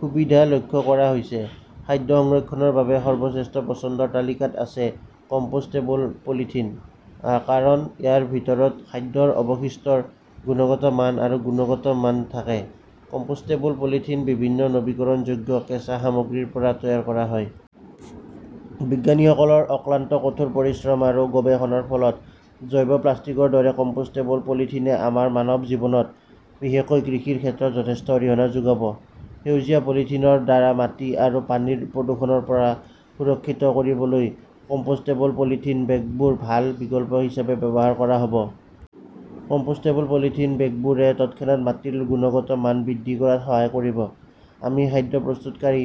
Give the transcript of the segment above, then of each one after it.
সুবিধা লক্ষ্য কৰা হৈছে। খাদ্য সংৰক্ষণৰ বাবে সৰ্বশ্ৰেষ্ঠ পছন্দৰ তালিকাত আছে কম্পোষ্টেবল পলিথিন। কাৰণ, ইয়াৰ ভিতৰত খাদ্যৰ অৱশিষ্টৰ গুণগত মান আৰু গুণগত মান থাকে। কম্পোষ্টেবল পলিথিন বিভিন্ন নৱীকৰণযোগ্য কেঁচা সামগ্ৰীৰ পৰা তৈয়াৰ কৰা হয়। বিজ্ঞানীসকলৰ অক্লান্ত কঠোৰ পৰিশ্ৰম আৰু গৱেষণাৰ ফলত জৈৱ প্লাষ্টিকৰ দৰে কম্পোষ্টেবল পলিথিনে আমাৰ মানৱ জীৱনত, বিশেষকৈ কৃষিৰ ক্ষেত্ৰত যথেষ্ট অৰিহণা যোগাব। সেউজীয়া পলিথিনৰ দ্বাৰা মাটি আৰু পানীৰ প্ৰদূষণৰ পৰা সুৰক্ষিত কৰিবলৈ কম্পোষ্টেবল পলিথিন বেগবোৰ ভাল বিকল্প হিচাপে ব্যৱহাৰ কৰা হ 'ব। কম্পোষ্টেবল পলিথিন বেগবোৰে তৎক্ষণাত মাটিৰ গুণগত মান বৃদ্ধি কৰাত সহায় কৰিব। আমি খাদ্য প্ৰস্তুতকাৰী,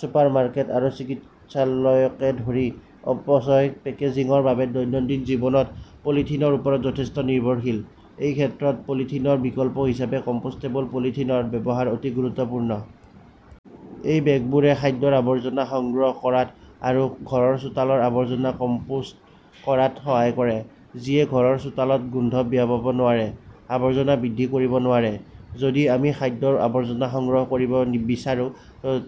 ছুপাৰ মাৰ্কেট আৰু চিকিৎসালয়কে ধৰি অপচয় পেকেজিংৰ বাবে দৈনন্দিন জীৱনত পলিথিনৰ ওপৰত যথেষ্ট নিৰ্ভৰশীল। এই ক্ষেত্ৰত পলিথিনৰ বিকল্প হিচাপে কম্পোষ্টেবল পলিথিনৰ ব্যৱহাৰ অতি গুৰুত্বপূৰ্ণ। এই বেগবোৰে খাদ্যৰ আৱৰ্জনা সংগ্ৰহ কৰাত আৰু ঘৰৰ চোতালৰ আৱৰ্জনা কম্পোষ্ট কৰাত সহায় কৰে, যিয়ে ঘৰৰ চোতালত গোন্ধ বিয়পাব নোৱাৰে, আৱৰ্জনা বৃদ্ধি কৰিব নোৱাৰে। যদি আমি খাদ্যৰ আৱৰ্জনা সংগ্ৰহ কৰিব বিচাৰো,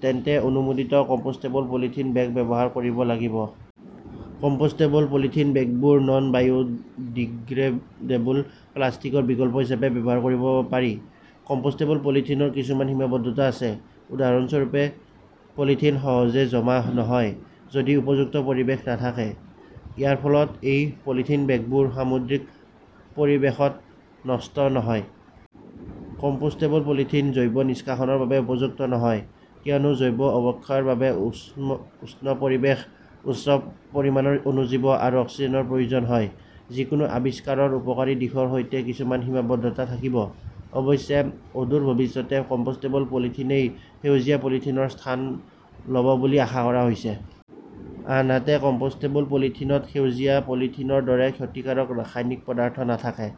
তেন্তে অনুমোদিত কম্পোষ্টেবল পলিথিন বেগ ব্যৱহাৰ কৰিব লাগিব। কম্পোষ্টেবল পলিথিন বেগবোৰ নন-বায়োডিগ্ৰেডেবল প্লাষ্টিকৰ বিকল্প হিচাপে ব্যৱহাৰ কৰিব পাৰি। কম্পোষ্টেবল পলিথিনৰ কিছুমান সীমাবদ্ধতা আছে উদাহৰণস্বৰূপে এ পলিথিন সহজে জমা নহয়, যদি উপযুক্ত পৰিৱেশ নাথাকে। ইয়াৰ ফলত এই পলিবেগবোৰ সামুদ্ৰিক পৰিৱেশত নষ্ট নহয়। কম্পোষ্টেবল পলিথিন জৈৱ নিষ্কাশনৰ বাবে উপযুক্ত নহয়, কিয়নো জৈৱ অৱক্ষয়ৰ বাবে উষ্ণ পৰিৱেশ, উচ্চ পৰিমাণৰ অণুজীৱ আৰু অক্সিজেনৰ প্ৰয়োজন হয়। যিকোনো আৱিষ্কাৰৰ উপকাৰী দিশৰ সৈতে কিছুমান সীমাবদ্ধতা থাকিব। অৱশ্যে, অদূৰ ভৱিষ্যতে কম্পোষ্টেবল পলিথিনই সেউজীয়া পলিথিনৰ স্থান ল 'ব বুলি আশা কৰা হৈছে। আনহাতে, কম্পোষ্টেবল পলিথিনত সেউজীয়া পলিথিনৰ দৰে ক্ষতিকাৰক ৰাসায়নিক পদাৰ্থ নাথাকে।